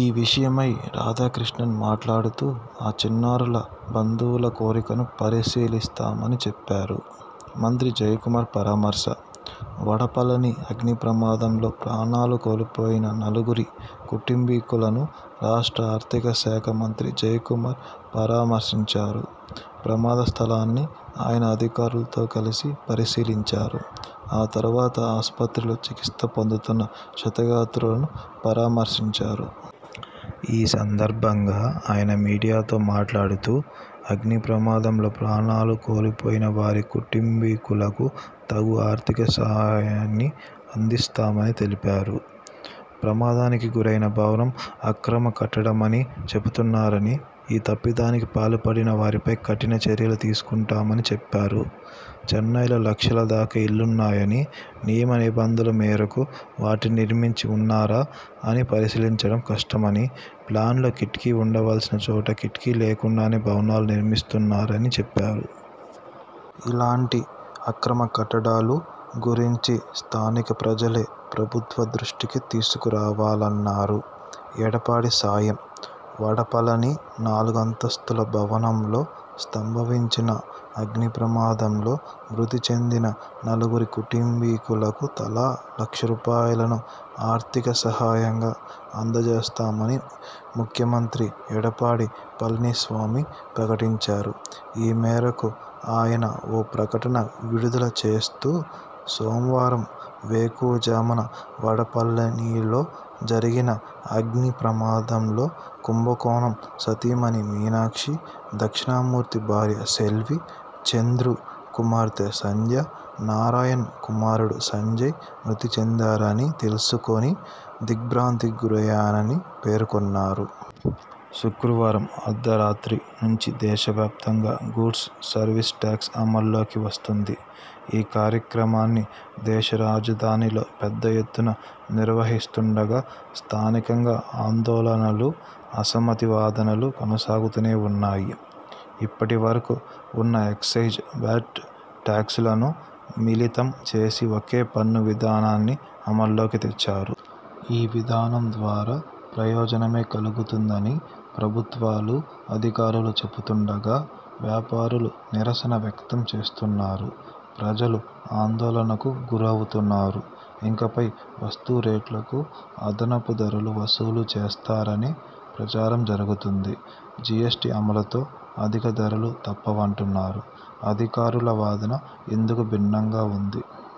ఈ విషయమై రాధాకృష్ణన్ మాట్లాడుతూ ఆ చిన్నారుల బంధువుల కోరికను పరిశీలిస్తామని చెప్పారు. మంత్రి జయకుమార్ పరామర్శ వడపళని అగ్నిప్రమాదంలో ప్రాణాలు కోల్పోయిన నలుగురి కుటుంబీకులను రాష్ట్ర ఆర్థిక శాఖ మంత్రి జయకుమార్ పరామర్శించారు. ప్రమా దస్థలాన్ని ఆయన అధికారులతో కలిసి పరిశీలించారు. ఆ తర్వాత ఆస్పత్రిలో చికిత్స పొందుతున్న క్షతగాత్రులను పరామర్శించారు. ఈ సందర్భంగా ఆయన మీడియాతో మాట్లాడుతూ అగ్నిప్రమాదంలో ప్రాణాలు కోల్పోయిన వారి కుటుంబీకులకు తగు ఆర్థికసహాయాన్ని అం దిస్తామని తెలిపారు. ప్రమాదానికి గురైన భవనం అక్రమకట్టడమని చెబుతున్నారని, ఈ తప్పిదానికి పాల్పడినవారిపై కఠిన చర్యలు తీసుకుంటామని చెప్పారు. చెన్నైలో లక్షల దాకా ఇళ్లున్నాయని, నియమనిబంధనల మేరకు వాటిని నిర్మించి ఉన్నారా అని పరిశీలించడం కష్టమని, ప్లాన్లో కిటికీ ఉండాల్సిన చోట కిటికీ లేకుండానే భవనాలు నిర్మిస్తున్నారని చెప్పారు. ఇలాంటి అక్రమ కట్టడాలు గురించి స్థానిక ప్రజలే ప్రభుత్వ దృష్టికి తీసుకురావాలన్నారు. ఎడప్పాడి సాయం వడపళని నాలుగంతస్థుల భవనంలో సంభవించిన అగ్నిప్రమాదంలో మృతి చెందిన నలుగురి కుటుంబీకులకు తలా లక్షరూపాయలను ఆర్థిక సహాయంగా అంజేస్తామని ముఖ్యమంత్రి ఎడప్పాడి పళనిస్వామి ప్రకటించారు. ఈ మేరకు ఆయన ఓ ప్రకటన విడుదల చేస్తూ సోమవారం వేకువజామున వడపళనిలో జరిగిన అగ్నిప్రమాదంలో కుంభకోణం సతీమణి మీనాక్షి, దక్షిణామూర్తి భార్య సెల్వి, చంద్రు కుమార్తె సంధ్యా, నారాయణన్ కుమారుడు సంజయ్ మృతి చెందారని తెలుసుకుని దిగ్ర్భాంతికి గురయ్యానని పేర్కొన్నారు. శుక్రవారం అర్థరాత్రి నుంచి దేశవ్యాప్తంగా గూడ్స్ సర్వీస్ టాక్స్ అమలులోకి వస్తుంది. ఈ కార్యక్రమాన్ని దేశరాజధానిలో పెద్ద ఎత్తున నిర్వహిస్తుండగా, స్థానికంగా ఆందోళనలు, అసమ్మతి వాదనలు కొనసాగుతూనే ఉన్నాయి. ఇప్పటి వరకు ఉన్న ఎక్సైజ్, వ్యాట్ టాక్సులను మిళితం చేసి ఒకే పన్ను విధానాన్ని అమలులోకి తెచ్చారు. ఈ విధానం ద్వారా ప్రయోజనమే కలుగుతుందని ప్రభుత్వాలు, అధికారులు చెపుతుండగా, వ్యాపారులు నిరసన వ్యక్తం చేస్తున్నారు. ప్రజలు ఆందోళనకు గురవుతున్నారు. ఇకపై వస్తు రేట్లకు అదనపు ధరలు వసూలు చేస్తారనే ప్రచారం జరుగుతోంది. జిఎస్టీ అమలుతో అధిక ధరలు తప్పవంటున్నారు. అధికారుల వాదన ఇందుకు భిన్నంగా ఉంది.